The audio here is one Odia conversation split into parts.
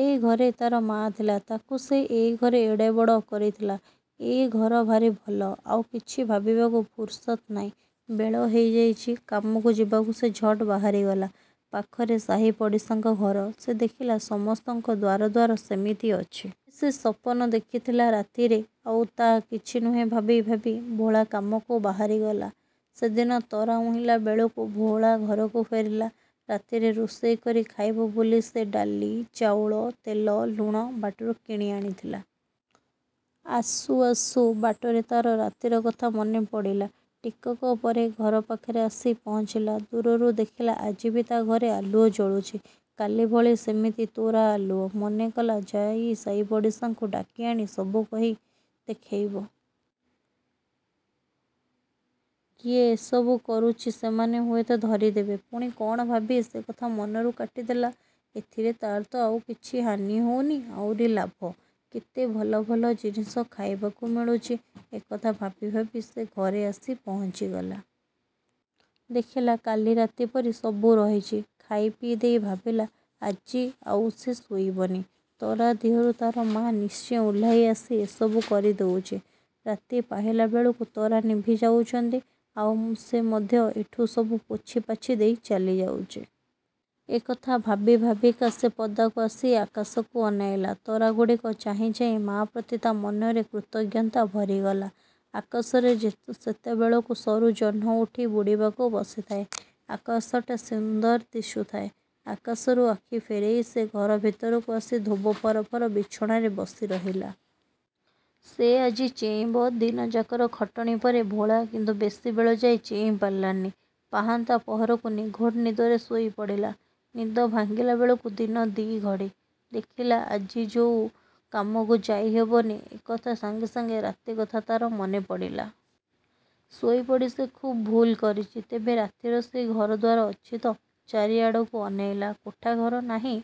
ଏଇ ଘରେ ତା'ର ମା ଥିଲା, ତାକୁ ସେ ଏଇଘରେ ଏଡ଼େବଡ଼ କରିଥିଲା, ଏଇ ଘର ଭାରି ଭଲ-। ଆଉ କିଛି ଭାବିବାକୁ ଫୁରୁସତ ନାଇଁ। ବେଳ ହେଇ ଯାଇଛି, କାମକୁ ଯିବାକୁ ସେ ଝଟ ବାହାରିଗଲା। ପାଖରେ ସାହିପଡ଼ିଶାଙ୍କ ଘର। ସେ ଦେଖିଲା ସମସ୍ତଙ୍କ ଦ୍ଵାରଦ୍ଵାର ସେମିତି ଅଛି। ତେବେ ସେ ସପନ ଦେଖିଥିଲା ରାତିରେ। ତା ଆଉ କିଛି ନୁହେଁ ଭାବି ଭାବି ଭୋଳା କାମକୁ ବାହାରିଗଲା-। ସେଦିନ ତରା ଉଇଁଲାବେଳକୁ। ଭୋଳା ଘରକୁ ଫେରିଲା। ରାତିରେ ରୋଷେଇ କରି ଖାଇବ ବୋଲି ସେ ଡାଲି ଚାଉଳ ତେଲ ଲୁଣ ବାଟରୁ କିଣି ଆଣିଥିଲା। ଆସୁ ଆସୁ ବାଟରେ ତାର ରାତିର କଥା ମନେ ପଡ଼ିଲା। ଟିକକ ପରେ ଘର ପାଖରେ ଆସି ପହଞ୍ଚିଲା। ଦୂରରୁ ଦେଖିଲା ଆଜିବି ତା ଘରେ ଆଲୁଅ ଜଳୁଚି। କାଲି ଭଳି ସେମିତି ତୋରା ଆଲୁଅ। ମନେକଲା, ଯାଇ ସାଇପଡ଼ିଶାଙ୍କୁ ଡାକିଆଣି ସବୁ କହି ଦେଖେଇବ। କିଏ ଏସବୁ କରୁଚି ସେମାନେ ହୁଏତ ଧରି ଦେବେ। ପୁଣି କଣ ଭାବି ସେକଥା ମନରୁ କାଟିଦେଲା, ଏଥିରେ ତାର ତ ଆଉକିଛି ହାନି ହଉନି। ଆଉରି ଲାଭ। କେତେ ଭଲ ଭଲ ଜିନିଷ ଖାଇବାକୁ ମିଳୁଚି। ଏ କଥା ଭାବି ଭାବି ସେ ଘରେ ଆସି ପହଞ୍ଚିଗଲା। ଦେଖିଲା କାଲି ରାତିପରି ସବୁ ରହିଚି। ଖାଇପିଇ ଦେଇ ଭାବିଲା, ଆଜି ଆଉ ସେ ଶୋଇବନି। ତରା ଦିହରୁ ତାର ମା ନିଶ୍ଚେ ଓହ୍ଲାଇ ଆସି ଏସବୁ କରି ଦେଉଚି। ରାତି ପାହିଲାବେଳକୁ ତରା ନିଭି ଯାଉଚନ୍ତି। ଆଉ ସେ ମଧ୍ୟ ଏଠୁ ସବୁ ପୋଛି ପାଛି ଦେଇ ଚାଲିଯାଉଚି-। ଏ କଥା ଭାବି ଭାବିକା ସେ ପଦାକୁ ଆସି ଆକାଶକୁ ଅନେଇଲା। ତରାଗୁଡ଼ିକ ଚାହିଁ ଚାହିଁ ମାପ୍ରତି ତା ମନରେ କୃତାଜ୍ଞତା ଭରିଗଲା। ଆକାଶରେ ସେତେବେଳକୁ ସରୁ ଜହ୍ନ ଉଠି ବୁଡ଼ିବାକୁ ବସିଥାଏ। ଆକାଶଟା ସୁନ୍ଦର ଦିଶୁଥାଏ। ଆକାଶରୁ ଆଖି ଫେରେଇ ସେ ଘର ଭିତରକୁ ଆସି ଧୋବ ଫରଫର ବିଛଣାରେ ବସି ରହିଲା। ସେ ଆଜି ଚେଇଁବ। ଦିନଯାକର ଖଟଣି ପରେ ଭୋଳା କିନ୍ତୁ ବେଶି ବେଳଯାଏ ଚେଇଁ ପାରିଲାନି। ପାହାନ୍ତା ପହରକୁ ନିଘୋଡ଼ ନିଦରେ ଶୋଇ ପଡ଼ିଲା। ନିଦ ଭାଙ୍ଗିଲାବେଳକୁ ଦିନ ଦି'ଘଡ଼ି। ଦେଖିଲା ଆଜି ଆଉ କାମକୁ ଯାଇ ହବନି। ଏକଥା ସାଙ୍ଗେସାଙ୍ଗେ ରାତିକଥା ତାର ମନେ ପଡ଼ିଲା। ଶୋଇପଡ଼ି ସେ ଖୁବ୍ ଭୁଲ କରିଚି। ତେବେ ରାତିର ସେଇ ଘରଦ୍ଵାର ଅଛି ତ? ଚାରିଆଡ଼କୁ ଅନେଇଲା। କୋଠାଘର ନାଇଁ।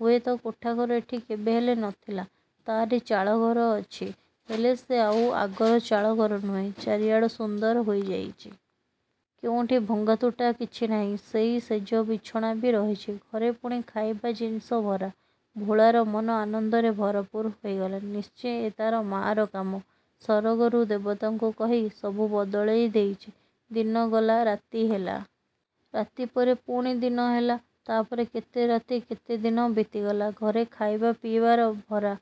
ହୁଏତ କୋଠାଘର ଏଠି କେବେହେଲେ ନ ଥିଲା। ତାରି ଚାଳଘର ଅଛି। ହେଲେ ସେ ଆଉ ଆଗର ଚାଳଘର ନୁହେଁ। ଚାରିଆଡ଼ ସୁନ୍ଦର ହୋଇଯାଇଚି। କେଉଁଠି ଭଙ୍ଗା ତୁଟା କିଛି ନାଇଁ। ସେଇ ଶେଯ ବିଛଣା ବି ରହିଚି। ଘରେ ପୁଣି ଖାଇବା ଜିନିଷ ଭରା। ଭୋଳାର ମନ ଆନନ୍ଦରେ ଭରପୂର ହେଇଗଲା। ନିଶ୍ଚେ ଏ ତାର ମା'ର କାମ। ସରଗରୁ ଦେବତାଙ୍କୁ କହି ସବୁ ବଦଳେଇ ଦେଇଚି। ଦିନ ଗଲା ରାତି ହେଲା। ରାତି ପରେ ପୁଣି ଦିନ ହେଲା। ତା ପରେ କେତେ ରାତି କେତେ ଦିନ ବିତିଗଲା। ଘରେ ଖାଇବା ପିଇବାର ଭରା।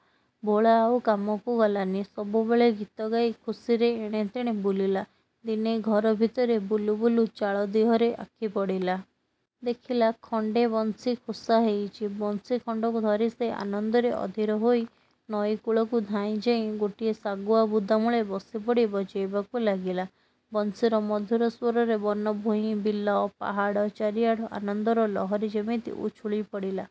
ଭୋଳା ଆଉ କାମକୁ ଗଲାନି। ସବୁବେଳେ ଗୀତ ଗାଇ ଖୁସିରେ ଏଣେ ତେଣେ ବୁଲିଲା। ଦିନେ ଘର ଭିତରେ ବୁଲୁବୁଲୁ ଚାଳ ଦିହରେ ଆଖି ପଡ଼ିଲା। ଦେଖିଲା ଖଣ୍ଡେ ବଂଶୀ ଖୋସା ହେଇଚି। ବଂଶୀ ଖଣ୍ଡକୁ ଧରି ସେ ଆନନ୍ଦରେ ଅଧୀର ହୋଇ ନଈ କୂଳକୁ ଧାଇଁଯାଇ ଗୋଟିଏ ଶାଗୁଆ ବୁଦାମୂଳେ ବସିପଡ଼ି ବଜେଇବାକୁ ଲାଗିଲା। ବଂଶୀର ମଧୁର ସ୍ଵରରେ ବନଭୂଇଁ, ବିଲ, ପାହାଡ଼, ଚାରିଆଡ଼େ ଆନନ୍ଦର ଲହରୀ ଯେମିତି ଉଛୁଳି ପଡ଼ିଲା।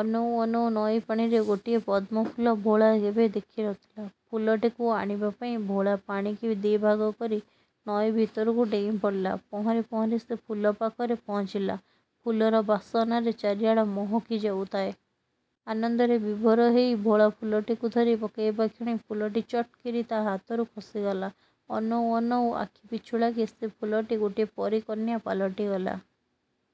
ଅନଉ ଅନଉ ନଈ ପାଣିରେ ଗୋଟିଏ ପଦ୍ମଫୁଲ ଭୋଳା ହେବେ ଦେଖି ନ ଥିଲା। ଫୁଲଟିକୁ ଆଣିବା ପାଇଁ ଭୋଳା ପାଣିକି ଦି ଭାଗ କରି ନଈ ଭିତରକୁ ଡେଇଁ ପଡ଼ିଲା। ପହଁରି ପହଁରି ସେ ଫୁଲ ପାଖରେ ପହଞ୍ଚିଲା। ଫୁଲର ବାସନାରେ ଚାରିଆଡ଼େ ମହକି ଯାଉଥାଏ। ଆନନ୍ଦରେ ବିଭୋର ହେଇ ଭୋଳା ଫୁଲଟିକୁ ଧରି ପକେଇବା କ୍ଷଣି ଫୁଲଟି ଚଟକରି ତା ହାତରୁ ଖସିଗଲା। ଅନଉ ଅନଉ ଆଖି ପିଛୁଳାକେ ସେ ଫୁଲଟି ଗୋଟିଏ ପରୀ କନ୍ୟା ପାଲଟିଗଲା।